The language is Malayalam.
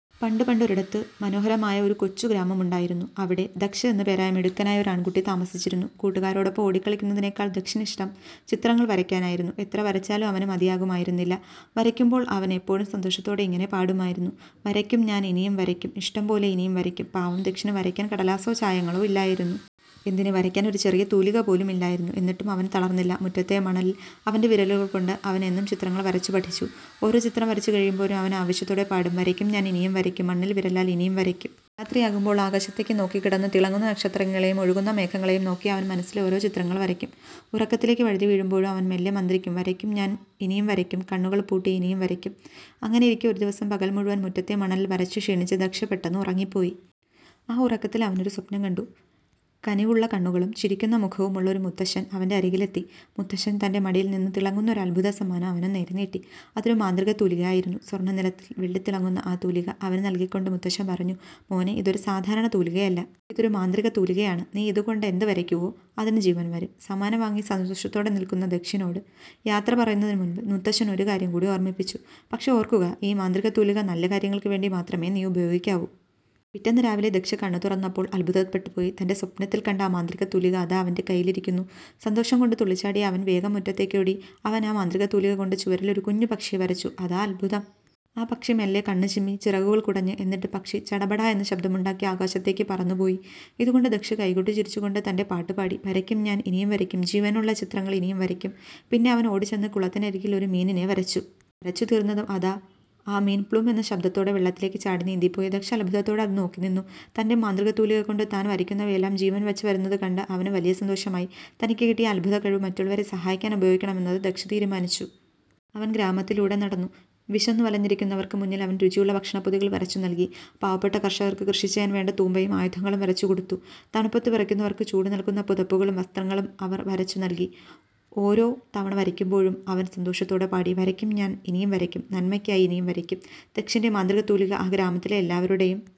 പണ്ട് പണ്ടൊരിടത്ത്, മനോഹരമായ ഒരു കൊച്ചു ഗ്രാമമുണ്ടായിരുന്നു. അവിടെ ദക്ഷ് എന്ന് പേരായ മിടുക്കനായ ഒരു ആൺകുട്ടി താമസിച്ചിരുന്നു. കൂട്ടുകാരോടൊപ്പം ഓടിക്കളിക്കുന്നതിനേക്കാൾ ദക്ഷിന് ഇഷ്ടം ചിത്രങ്ങൾ വരയ്ക്കാനായിരുന്നു. എത്ര വരച്ചാലും അവന് മതിയാകുമായിരുന്നില്ല. വരയ്ക്കുമ്പോൾ അവൻ എപ്പോഴും സന്തോഷത്തോടെ ഇങ്ങനെ പാടുമായിരുന്നു: "വരയ്ക്കും ഞാൻ ഇനിയും വരയ്ക്കും, ഇഷ്ടം പോലെ ഇനിയും വരയ്ക്കും" പാവം ദക്ഷിന് വരയ്ക്കാൻ കടലാസോ ചായങ്ങളോ ഇല്ലായിരുന്നു. എന്തിന്, വരക്കാൻ ഒരു ചെറിയ തൂലിക പോലുമില്ലായിരുന്നു! എന്നിട്ടും അവൻ തളർന്നില്ല. മുറ്റത്തെ മണലിൽ അവന്റെ വിരലുകൾ കൊണ്ട് അവൻ എന്നും ചിത്രങ്ങൾ വരച്ചു പഠിച്ചു. ഓരോ ചിത്രം വരച്ചു കഴിയുമ്പോഴും അവൻ ആവേശത്തോടെ പാടും: "വരയ്ക്കും ഞാൻ ഇനിയും വരയ്ക്കും, മണ്ണിൽ വിരലാൽ ഇനിയും വരയ്ക്കും! " രാത്രിയാകുമ്പോൾ ആകാശത്തേക്ക് നോക്കിക്കിടന്ന് തിളങ്ങുന്ന നക്ഷത്രങ്ങളെയും ഒഴുകുന്ന മേഘങ്ങളെയും നോക്കി അവൻ മനസ്സിൽ ഓരോ ചിത്രങ്ങൾ വരയ്ക്കും. ഉറക്കത്തിലേക്ക് വഴുതി വീഴുമ്പോഴും അവൻ മെല്ലെ മന്ത്രിക്കും: "വരയ്ക്കും ഞാൻ ഇനിയും വരയ്ക്കും, കണ്ണുകൾ പൂട്ടി ഇനിയും വരയ്ക്കും! " അങ്ങനെയിരിക്കെ ഒരു ദിവസം, പകൽ മുഴുവൻ മുറ്റത്തെ മണലിൽ വരച്ചു ക്ഷീണിച്ച ദക്ഷ് പെട്ടെന്ന് ഉറങ്ങിപ്പോയി. ആ ഉറക്കത്തിൽ അവനൊരു സ്വപ്നം കണ്ടു. കനിവുള്ള കണ്ണുകളും ചിരിക്കുന്ന മുഖവുമുള്ള ഒരു മുത്തശ്ശൻ അവന്റെ അരികിലെത്തി. മുത്തശ്ശൻ തന്റെ മടിയിൽ നിന്ന് തിളങ്ങുന്ന ഒരു അത്ഭുത സമ്മാനം അവനു നേരെ നീട്ടി. അതൊരു മാന്ത്രികത്തൂലിക ആയിരുന്നു. സ്വർണനിറത്തിൽ വെട്ടിത്തിളങ്ങുന്ന ആ തൂലിക അവന് നൽകിക്കൊണ്ട് മുത്തശ്ശൻ പറഞ്ഞു: "മോനേ, ഇതൊരു സാധാരണ തൂലികയല്ല. ഇതൊരു മാന്ത്രികത്തൂലികയാണ്. നീ ഇതുകൊണ്ട് എന്ത് വരയ്ക്കുന്നുവോ, അതിന് ജീവൻ വരും! " സമ്മാനം വാങ്ങി സന്തോഷത്തോടെ നിൽക്കുന്ന ദക്ഷിനോട് യാത്ര പറയുന്നതിന് മുൻപ് മുത്തശ്ശൻ ഒരു കാര്യം കൂടി ഓർമ്മിപ്പിച്ചു: "പക്ഷേ ഓർക്കുക, ഈ മാന്ത്രികത്തൂലിക നല്ല കാര്യങ്ങൾക്ക് വേണ്ടി മാത്രമേ നീ ഉപയോഗിക്കാവൂ! " പിറ്റേന്ന് രാവിലെ ദക്ഷ് കണ്ണ് തുറന്നപ്പോൾ അത്ഭുതപ്പെട്ടു പോയി! തന്റെ സ്വപ്നത്തിൽ കണ്ട ആ മാന്ത്രികത്തൂലിക അതാ അവന്റെ കയ്യിൽ ഇരിക്കുന്നു! സന്തോഷം കൊണ്ട് തുള്ളിച്ചാടിയ അവൻ വേഗം മുറ്റത്തേക്കോടി. അവൻ ആ മാന്ത്രികത്തൂലിക കൊണ്ട് ചുവരിൽ ഒരു കുഞ്ഞു പക്ഷിയെ വരച്ചു. അതാ അത്ഭുതം! ആ പക്ഷി മെല്ലെ കണ്ണ് ചിമ്മി, ചിറകുകൾ കുടഞ്ഞു. എന്നിട്ട് പക്ഷി 'ചടപടാ' എന്ന് ശബ്ദമുണ്ടാക്കി ആകാശത്തേക്ക് പറന്നുപോയി! ഇതുകണ്ട് ദക്ഷ് കൈകൊട്ടി ചിരിച്ചു കൊണ്ട് തന്റെ പാട്ട് പാടി: "വരയ്ക്കും ഞാൻ ഇനിയും വരയ്ക്കും ജീവനുള്ള ചിത്രങ്ങൾ ഇനിയും വരയ്ക്കും! " പിന്നെ അവൻ ഓടിച്ചെന്ന് കുളത്തിനരികിൽ ഒരു മീനിനെ വരച്ചു. വരച്ചു തീർന്നതും അതാ ആ മീൻ 'പ്ളും' എന്ന് ശബ്ദത്തോടെ വെള്ളത്തിലേക്ക് ചാടി നീന്തി പോയി. ദക്ഷ് അത്ഭുതത്തോടെ അത് നോക്കി നിന്നു. തന്റെ മാന്ത്രികത്തൂലിക കൊണ്ട് താൻ വരയ്ക്കുന്നവയെല്ലാം ജീവൻ വച്ച് വരുന്നത് കണ്ട് അവന് വലിയ സന്തോഷമായി. തനിക്ക് കിട്ടിയ ഈ അത്ഭുത കഴിവ് മറ്റുള്ളവരെ സഹായിക്കാൻ ഉപയോഗിക്കണമെന്ന് ദക്ഷ് തീരുമാനിച്ചു. അവൻ ഗ്രാമത്തിലൂടെ നടന്നു. വിശന്നു വലഞ്ഞിരിക്കുന്നവർക്ക് മുന്നിൽ അവൻ രുചിയുള്ള ഭക്ഷണപ്പൊതികൾ വരച്ചു നൽകി. പാവപ്പെട്ട കർഷകർക്ക് കൃഷി ചെയ്യാൻ വേണ്ട തൂമ്പയും ആയുധങ്ങളും വരച്ചു കൊടുത്തു. തണുപ്പത്ത് വിറയ്ക്കുന്നവർക്ക് ചൂടു നൽകുന്ന പുതപ്പുകളും വസ്ത്രങ്ങളും അവൻ വരച്ചു നൽകി. ഓരോ തവണ വരയ്ക്കുമ്പോഴും അവൻ സന്തോഷത്തോടെ പാടി: "വരയ്ക്കും ഞാൻ ഇനിയും വരയ്ക്കും, നന്മയ്ക്കായി ഇനിയും വരയ്ക്കും! " ദക്ഷിന്റെ മാന്ത്രികത്തൂലിക ആ ഗ്രാമത്തിലെ എല്ലാവരുടെയും